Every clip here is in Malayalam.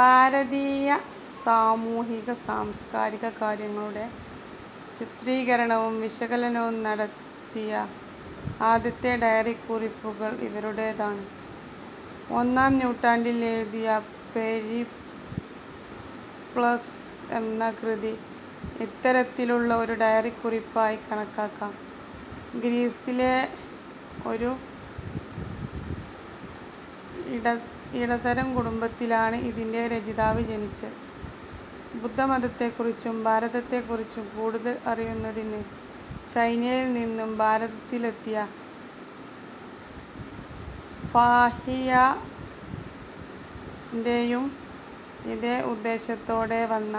ഭാരതീയ സാമൂഹിക സാംസ്കാരിക കാര്യങ്ങളുടെ ചിത്രീകരണവും വിശകലനവും നടത്തിയ ആദ്യത്തെ ഡയറിക്കുറിപ്പുകൾ ഇവരുടേതാണ്. ഒന്നാം നൂറ്റാണ്ടിൽ എഴുതിയ പെരിപ്ലസ് എന്ന കൃതി ഇത്തരത്തിലുള്ള ഒരു ഡയറിക്കുറിപ്പായി കണക്കാക്കാം. ഗ്രീസിലെ ഒരു ഇടത്തരം കുടുംബത്തിലാണ് ഇതിന്റെ രചയിതാവ് ജനിച്ചത്. ബുദ്ധമതത്തെക്കുറിച്ചും ഭാരതത്തെക്കുറിച്ചും കൂടുതൽ അറിയുന്നതിന് ചൈനയിൽ നിന്നും ഭാരതത്തിലെത്തിയ ഫാഹിയാന്റെയും ഇതേ ഉദ്ദേശ്യത്തോടെ വന്ന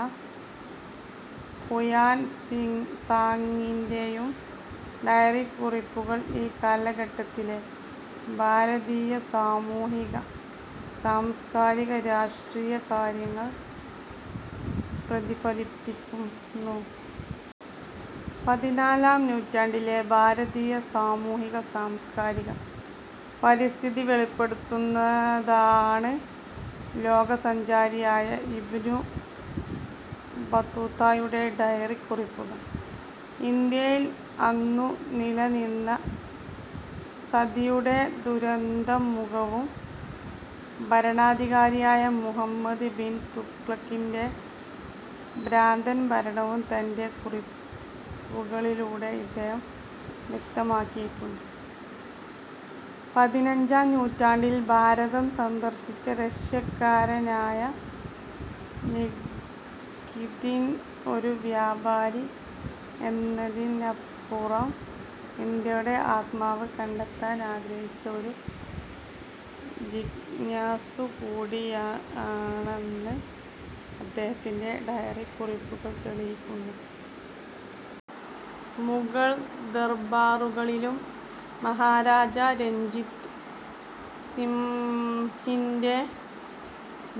ഹുയാൻ സിങ് സാങിന്റെയും ഡയറിക്കുറിപ്പുകൾ ഈ കാലഘട്ടങ്ങളിലെ ഭാരതീയ സാമൂഹിക, സാംസ്കാരിക, രാഷ്ട്രീയ കാര്യങ്ങൾ പ്രതിഫലിപ്പിക്കുന്നു. പതിനാലാം നൂറ്റണ്ടിലെ ഭാരതീയ സാമൂഹിക, സാംസ്കാരിക, പരിസ്ഥിതി വെളിപ്പെടുത്തുന്നതാണ് ലോകസഞ്ചാരിയായ ഇബ്നു ബത്തൂത്തയുടെ ഡയറിക്കുറിപ്പുകൾ. ഇന്ത്യയിൽ അന്നു നിലനിന്ന സതിയുടെ ദുരന്തമുഖവും ഭരണാധികാരിയായ മുഹമ്മദ് ബിൻ തുഗ്ലക്കിന്റെ ഭ്രാന്തൻ ഭരണവും തന്റെ കുറിപ്പുകളിലൂടെ ഇദ്ദേഹം വ്യക്തമാക്കിയിട്ടുണ്ട്. പതിനഞ്ചാം നൂറ്റാണ്ടിൽ ഭാരതം സന്ദർശിച്ച റഷ്യക്കാരനായ നികീതിൻ ഒരു വ്യാപാരി എന്നതിനപ്പുറം ഇന്ത്യയുടെ ആത്മാവ് കണ്ടെത്താനാഗ്രഹിച്ച ഒരു ജിജ്ഞാസു കൂടിയാണെന്ന് അദ്ദേഹത്തിന്റെ ഡയറിക്കുറിപ്പുകൾ തെളിയിക്കുന്നു. മുഗൾ ദർബാറുകളിലും മഹാരാജാ രഞ്ജിത് സിംഹിന്റെ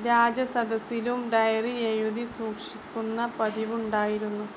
രാജസദസ്സിലും ഡയറി എഴുതി സൂക്ഷിക്കുന്ന പതിവുണ്ടായിരുന്നു.